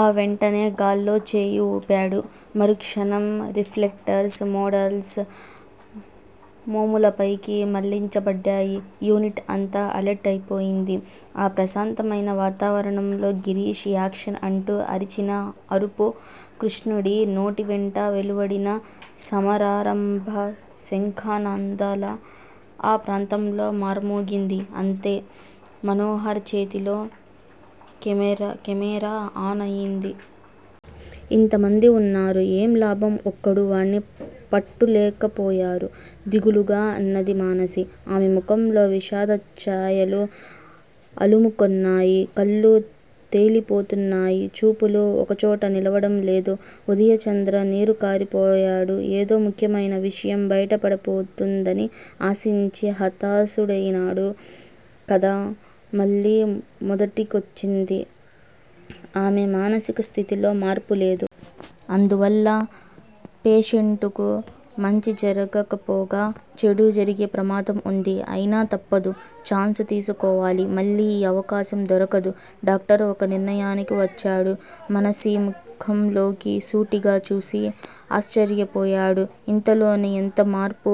ఆ వెంటనే గాల్లో చేయి వూపాడు. మరుక్షణం రిఫ్లెక్టర్స్ మోడల్స్ మోములపైకి మళ్ళించబడ్డాయి. యూనిట్ అంతా అలర్ట్ అయిపోయింది. ఆ ప్రశాంతమైన వాతవరణంలో గిరీష్ 'యాక్షన్' అంటూ అరిచిన అరుపు కృష్ణుడి నోటివెంట వెలువడిన సమరారంభ శంఖానాదంలా ఆ ప్రాంతంలో మార్మోగింది. అంతే మనోహర్ చేతిలో కెమేరా ఆన్ అయింది. ఇంతమంది ఉన్నారు. ఏం లాభం? ఒక్కడూ వాడ్ని పట్టులేకపోయారు దిగులుగా అన్నది మానసి. ఆమె ముఖంలో విషాదచ్చాయలు అలుముకొన్నాయి. కళ్ళు తేలిపోతున్నాయి. చూపులు ఒకచోట నిలవడం లేదు. ఉదయచంద్ర నీరుకారిపోయాడు. ఏదో ముఖ్యమైన విషయం బయటపడపోతుందని ఆశించి హతాశుడైనాడు. కథ మళ్ళీ మొదటికొచ్చింది. ఆమె మానసిక స్థితిలో మార్పులేదు. అందువల్ల పేషెంటుకు మంచి జరగకపోగా చెడు జరిగే ప్రమాదం వుంది. అయినా తప్పదు. ఛాన్సు తీసుకోవాలి. మళ్ళీ ఈ అవకాశం దొరకదు. డాక్టర్ ఒక నిర్ణయానికి వచ్చాడు. మనసి ముఖంలోకి సూటిగా చూసి ఆశ్చర్యపోయాడు. ఇంతలోనే ఎంతమార్పు?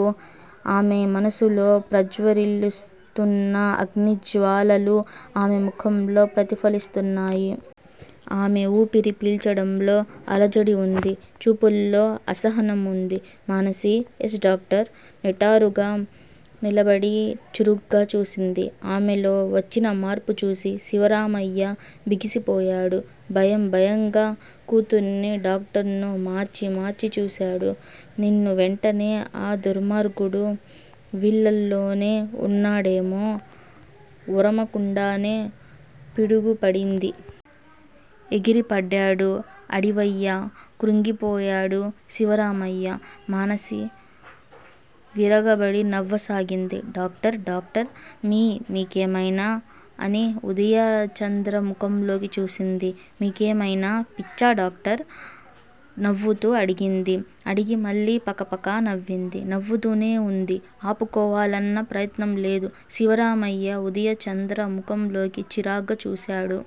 ఆమె మనసులో ప్రజ్వరిల్లుతున్న అగ్నిజ్వాలలు ఆమె ముఖంలో ప్రతిఫలిస్తున్నాయి. ఆమె ఊపిరి పీల్చడంలో అలజడివుంది. చూపుల్లో అసహనం ఉంది. మానసీ? యస్. డాక్టర్! నిటారుగా నిలబడి చురుగ్గా చూసింది. ఆమెలో వచ్చినమార్పు చూసి శివరామయ్య బిగిసిపోయాడు. భయం భయంగా కూతుర్నీ, డాక్టర్నూ మార్చి మార్చి చూశాడు. నిన్ను వెంటాడే ఆ దుర్మార్గుడు వీళ్ళల్లోనే వున్నాడేమో? ఉరమకుండానే పిడుగుపడింది. ఎగిరిపడ్డాడు అడివయ్య. క్రుంగిపోయాడు శివరామయ్య. మానసి విరగబడి నవ్వసాగింది. డాక్టర్ డాక్టర్ మీ మీకేమైనా అని ఉదయచంద్ర ముఖంలోకి చూసింది. మీకేమైనా పిచ్చా డాక్టర్? నవ్వుతూ అడిగింది. అడిగి మళ్ళీ పకపకా నవ్వింది. నవ్వుతూనే వుంది. ఆపుకోవాలన్న ప్రయత్నంలేదు. శివరామయ్య ఉదయచంద్ర ముఖంలోకి చిరాగ్గా చూశాడు.